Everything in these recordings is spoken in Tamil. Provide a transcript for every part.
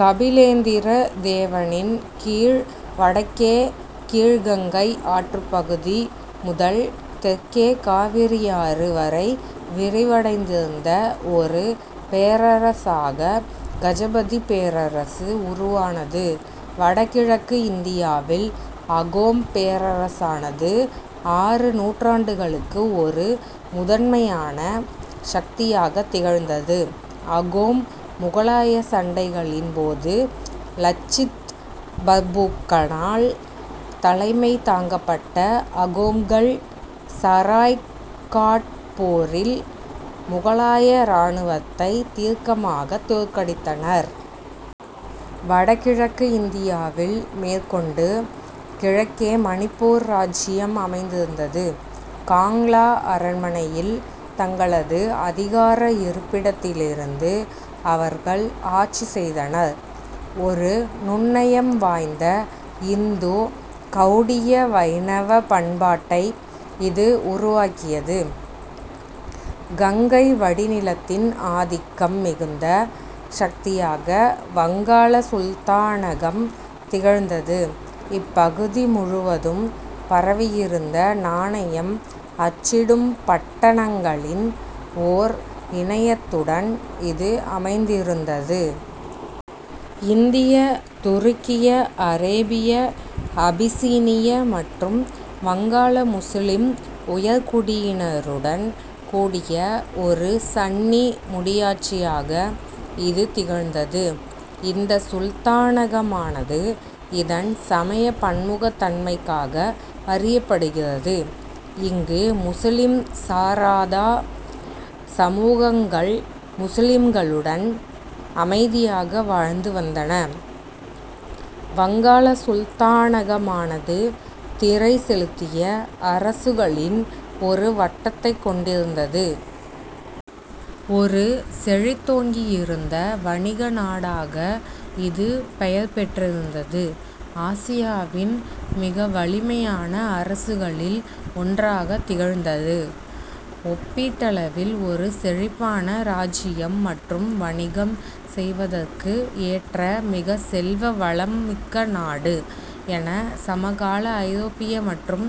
கபிலேந்திர தேவனின் கீழ் வடக்கே கீழ் கங்கை ஆற்றுப்பகுதி முதல் தெற்கே காவிரியாறு வரை விரிவடைந்திருந்த ஒரு பேரரசாக கஜபதி பேரரசு உருவானது. வடகிழக்கு இந்தியாவில் அகோம் பேரரசானது ஆறு நூற்றாண்டுகளுக்கு ஒரு முதன்மையான சக்தியாகத் திகழ்ந்தது. அகோம்-முகலாயச் சண்டைகளின் போது லச்சித் பர்பூக்கனால் தலைமை தாங்கப்பட்ட அகோம்கள் சராய்காட் போரில் முகலாய இராணுவத்தைத் தீர்க்கமாகத் தோற்கடித்தனர். வடகிழக்கு இந்தியாவில் மேற்கொண்டு கிழக்கே மணிப்பூர் இராச்சியம் அமைந்திருந்தது. காங்லா அரண்மனையில் தங்களது அதிகார இருப்பிடத்திலிருந்து அவர்கள் ஆட்சி செய்தனர். ஒரு நுண்ணயம் வாய்ந்த இந்து கௌடிய வைணவப் பண்பாட்டை இது உருவாக்கியது. கங்கை வடிநிலத்தின் ஆதிக்கம் மிகுந்த சக்தியாக வங்காள சுல்தானகம் திகழ்ந்தது. இப்பகுதி முழுவதும் பரவியிருந்த நாணயம் அச்சிடும் பட்டணங்களின் ஓர் இணையத்துடன் இது அமைந்திருந்தது. இந்திய-துருக்கிய, அரேபிய, அபிசீனிய மற்றும் வங்காள-முசுலிம் உயர்குடியினருடன் கூடிய ஒரு சன்னி முடியாட்சியாக இது திகழ்ந்தது. இந்த சுல்தானகமானது இதன் சமய பன்முகத் தன்மைக்காக அறியப்படுகிறது. இங்கு முசுலிம் சாராத சமூகங்கள் முசுலிம்களுடன் அமைதியாக வாழ்ந்து வந்தன. வங்காள சுல்தானகமானது திறை செலுத்திய அரசுகளின் ஒரு வட்டத்தைக் கொண்டிருந்தது. ஒரு செழித்தோங்கியிருந்த வணிக நாடாக இது பெயர் பெற்றிருந்தது. ஆசியாவின் மிக வலிமையான அரசுகளில் ஒன்றாகத் திகழ்ந்தது. ஒப்பீட்டளவில் ஒரு செழிப்பான இராச்சியம் மற்றும் "வணிகம் செய்வதற்கு ஏற்ற மிக செல்வ வளம் மிக்க நாடு" என சமகால ஐரோப்பிய மற்றும்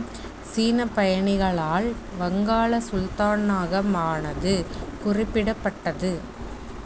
சீனப் பயணிகளால் வங்காள சுல்தானகமானது குறிப்பிடப்பட்டது.